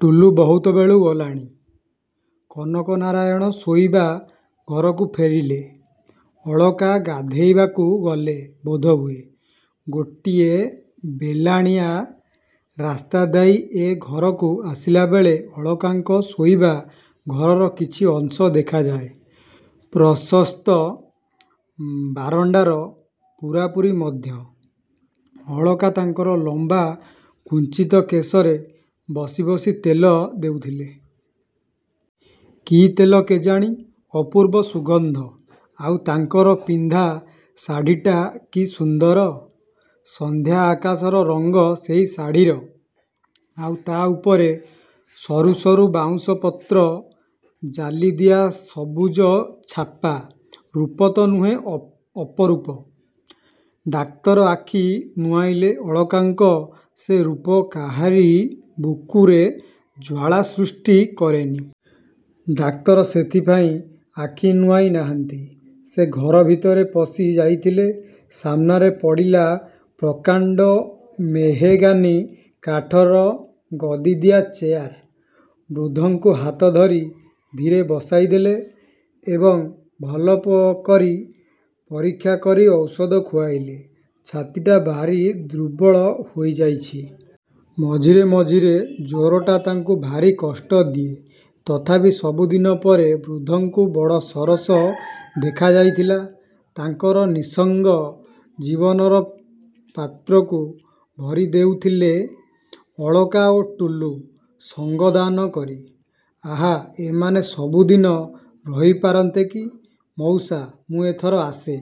ଟୁଲୁ ବହୁତ ବେଳୁ ଗଲାଣି। କନକ ନାରାୟଣ ଶୋଇବା ଘରକୁ ଫେରିଲେ। ଅଳକା ଗାଧୋଇବାକୁ ଗଲେ ବୋଧହୁଏ। ଗୋଟିଏ ବେଲାଣିଆ ରାସ୍ତାଦେଇ ଏ ଘରକୁ ଆସିଲାବେଳେ ଅଳକାଙ୍କ ଶୋଇବା ଘରର କିଛି ଅଂଶ ଦେଖାଯାଏ। ପ୍ରଶସ୍ତ ବାରଣ୍ଡାର ପୂରାପୂରି ମଧ୍ୟ। ଅଳକା ତାଙ୍କର ଲମ୍ବା କୁଞ୍ଚିତ କେଶରେ ବସି ବସି ତେଲ ଦେଉଥିଲେ। କି ତେଲ କେଜାଣି ଅପୂର୍ବ ସୁଗନ୍ଧ। ଆଉ ତାଙ୍କର ପିନ୍ଧା ଶାଢ଼ିଟା କି ସୁନ୍ଦର। ସନ୍ଧ୍ୟା ଆକାଶର ରଙ୍ଗ ସେଇ ଶାଢ଼ିର। ଆଉ ତା' ଉପରେ ସରୁସରୁ ବାଉଁଶ ପତ୍ର ଜାଲିଦିଆ ସବୁଜ ଛାପା। ରୂପ ତ ନୁହେଁ ଅ ଅପରୂପ। ଡାକ୍ତର ଆଖି ନୁଆଁଇଲେ। ଅଳକାଙ୍କ ସେ ରୂପ କାହାରି ବୁକୁରେ ଜ୍ୱାଳା ସୃଷ୍ଟି କରେନି। ଡାକ୍ତର ସେଥିପାଇଁ ଆଖି ନୁଆଁଇ ନାହାନ୍ତି। ସେ ଘର ଭିତରେ ପଶି ଯାଇଥିଲେ। ସାମ୍ନାରେ ପଡ଼ିଲା ପ୍ରକାଣ୍ଡ ମେହେଗାନି କାଠର ଗଦିଦିଆ ଚେୟାର। ବୃଦ୍ଧଙ୍କୁ ହାତ ଧରି ଧୀରେ ବସାଇଦେଲେ ଏବଂ ଭଲ ପ କରି ପରୀକ୍ଷା କରି ଔଷଧ ଖୁଆଇଲେ। ଛାତିଟା ଭାରି ଦୁର୍ବଳ ହୋଇଯାଇଛି। ମଝିରେ ମଝିରେ ଜ୍ୱରଟା ତାଙ୍କୁ ଭାରି କଷ୍ଟ ଦିଏ। ତଥାପି ସବୁଦିନ ପରେ ବୃଦ୍ଧଙ୍କୁ ବଡ଼ ସରସ ଦେଖାଯାଇଥିଲା। ତାଙ୍କର ନିଃସଙ୍ଗ ଜୀବନର ପାତ୍ରକୁ ଭରି ଦେଉଥିଲେ ଅଳକା ଓ ଟୁଲୁ ସଙ୍ଗ ଦାନ କରି। ଆହା ଏମାନେ ସବୁଦିନ ରହିପାରନ୍ତେକି! ମଉସା ମୁଁ ଏଥର ଆସେ।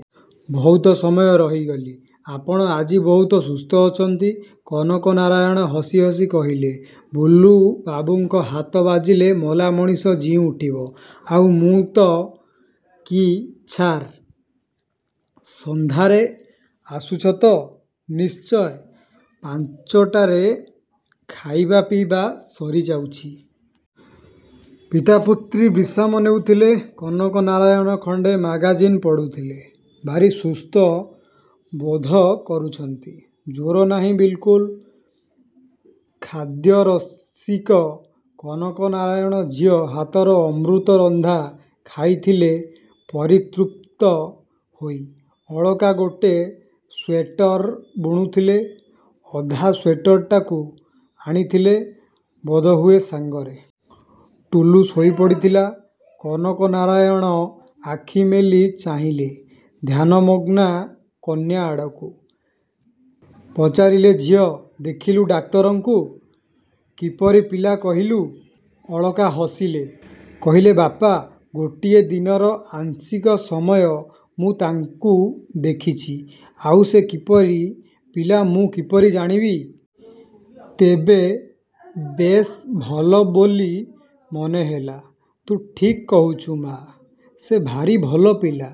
ବହୁତ ସମୟ ରହିଗଲି। ଆପଣ ଆଜି ବହୁତ ସୁସ୍ଥ ଅଛନ୍ତି। କନକ ନାରାୟଣ ହସି ହସି କହିଲେ ବୁଲୁ ବାବୁଙ୍କ ହାତ ବାଜିଲେ ମଲା ମଣିଷ ଜିଇଁଉଠିବ। ଆଉ ମୁଁ ତ କି ଛାର୍। ସଂଧ୍ୟାରେ ଆସୁଛ ତ? ନିଶ୍ଚୟ ପାଞ୍ଚ ଟାରେ ଖାଇବା ପିଇବା ସରିଯାଉଛି। ପିତା ପୁତ୍ରୀ ବିଶ୍ରାମ ନେଉଥିଲେ। କନକ ନାରାୟଣ ଖଣ୍ଡେ ମାଗାଜିନ୍ ପଢ଼ୁଥିଲେ। ଭାରି ସୁସ୍ଥ ବୋଧ କରୁଛନ୍ତି। ଜ୍ୱର ନାହିଁ ବିଲକୁଲ୍। ଖାଦ୍ୟରସିକ କନକ ନାରାୟଣ ଝିଅ ହାତର ଅମୃତରନ୍ଧା ଖାଇଥିଲେ ପରିତୃପ୍ତ ହୋଇ। ଅଳକା ଗୋଟେ ସ୍ୱେଟର ବୁଣୁଥିଲେ। ଅଧା ସ୍ୱେଟରଟାକୁ ଆଣିଥିଲେ ବୋଧହୁଏ ସାଙ୍ଗରେ। ଟୁଲୁ ଶୋଇପଡ଼ିଥିଲା। କନକ ନାରାୟଣ ଆଖିମେଲି ଚାହିଁଲେ ଧ୍ୟାନମଗ୍ନା କନ୍ୟା ଆଡ଼କୁ। ପଚାରିଲେ ଝିଅ ଦେଖିଲୁ ଡାକ୍ତରଙ୍କୁ। କିପରି ପିଲା କହିଲୁ? ଅଳକା ହସିଲେ। କହିଲେ ବାପା ଗୋଟିଏ ଦିନର ଆଂଶିକ ସମୟ ମୁଁ ତାଙ୍କୁ ଦେଖିଛି। ଆଉ ସେ କିପରି ପିଲା ମୁଁ କିପରି ଜାଣିବି? ତେବେ ବେଶ୍ ଭଲ ବୋଲି ମନେହେଲା। ତୁ ଠିକ୍ କହୁଛୁ ମା'। ସେ ଭାରି ଭଲ ପିଲା।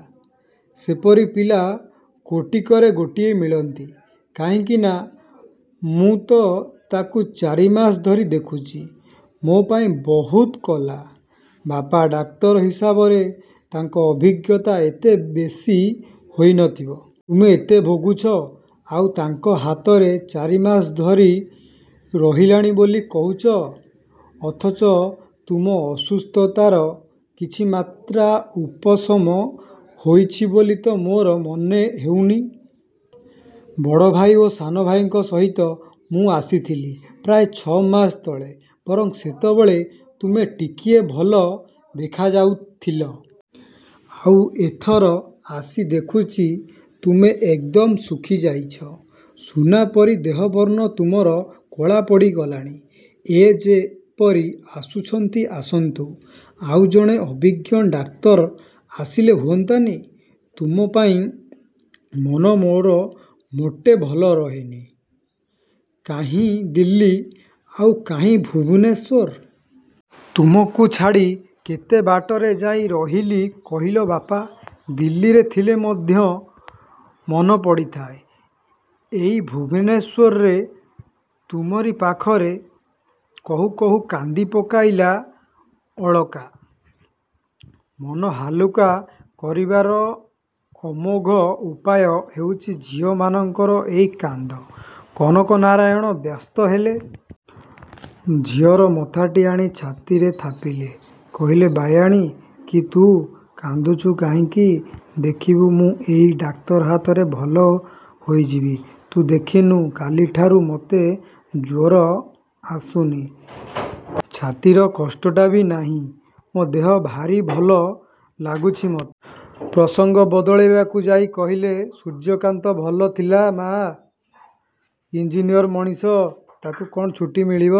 ସେପରି ପିଲା କୋଟିକରେ ଗୋଟିଏ ମିଳନ୍ତି। କାହିଁକି ନା ମୁଁ ତ ତାକୁ ଚାରିମାସ ଧରି ଦେଖୁଛି। ମୋ ପାଇଁ ବହୁତ କଲା। ବାପା ଡାକ୍ତର ହିସାବରେ ତାଙ୍କ ଅଭିଜ୍ଞତା ଏତେ ବେଶି ହୋଇନଥିବ। ତୁମେ ଏତେ ଭୋଗୁଛ ଆଉ ତାଙ୍କ ହାତରେ ଚାରିମାସ ଧରି ରହିଲାଣି ବୋଲି କହୁଛ। ଅଥଚ ତୁମ ଅସୁସ୍ଥତାର କିଛି ମାତ୍ରା ଉପଶମ ହୋଇଛି ବୋଲି ତ ମୋର ମନେହେଉନି। ବଡ଼ଭାଇ ଓ ସାନଭାଇଙ୍କ ସହିତ ମୁଁ ଆସିଥିଲି ପ୍ରାୟ ଛଅମାସ ତଳେ। ବରଂ ସେତେବେଳେ ତୁମେ ଟିକିଏ ଭଲ ଦେଖାଯାଉଥିଲ। ଆଉ ଏଥର ଆସି ଦେଖୁଛି ତୁମେ ଏକଦମ ଶୁଖିଯାଇଛ। ସୁନାପରି ଦେହବର୍ଣ୍ଣ ତୁମର କଳାପଡ଼ି ଗଲାଣି। ଏ ଯେ ପରି ଆସୁଛନ୍ତି ଆସନ୍ତୁ। ଆଉ ଜଣେ ଅଭିଜ୍ଞ ଡାକ୍ତର ଆସିଲେ ହୁଅନ୍ତାନି? ତୁମ ପାଇଁ ମନ ମୋର ମୋଟେ ଭଲ ରହେନି। କାହିଁ ଦିଲ୍ଲୀ ଆଉ କାହିଁ ଭୁବନେଶ୍ୱର। ତୁମକୁ ଛାଡ଼ି କେତେ ବାଟରେ ଯାଇ ରହିଲି କହିଲ ବାପା। ଦିଲ୍ଲୀରେ ଥିଲେ ମଧ୍ୟ ମନ ପଡ଼ିଥାଏ ଏଇ ଭୁବନେଶ୍ୱରରେ ତୁମରି ପାଖରେ। କହୁ କହୁ କାନ୍ଦି ପକାଇଲା ଅଳକା। ମନ ହାଲୁକା କରିବାର ଅମୋଘ ଉପାୟ ହେଉଛି ଝିଅମାନଙ୍କର ଏଇ କାନ୍ଦ। କନକ ନାରାୟଣ ବ୍ୟସ୍ତ ହେଲେ। ଝିଅର ମଥାଟି ଆଣି ଛାତିରେ ଥାପିଲେ। କହିଲେ ବାୟାଣୀ କି ତୁ। କାନ୍ଦୁଛୁ କାହିଁକି? ଦେଖିବୁ ମୁଁ ଏଇ ଡାକ୍ତର ହାତରେ ଭଲ ହୋଇଯିବି। ତୁ ଦେଖିନୁ କାଲିଠାରୁ ମୋତେ ଜ୍ୱର ଆସୁନି, ଛାତିର କଷ୍ଟଟା ବି ନାହିଁ, ମୋ ଦେହ ଭାରି ଭଲ ଲାଗୁଛି ମୋ ପ୍ରସଙ୍ଗ ବଦଳାଇବାକୁ ଯାଇ କହିଲେ ସୂର୍ଯ୍ୟକାନ୍ତ ଭଲ ଥିଲା ମା? ଇଞ୍ଜିନିୟର ମଣିଷ ତାକୁ କ'ଣ ଛୁଟି ମିଳିବ।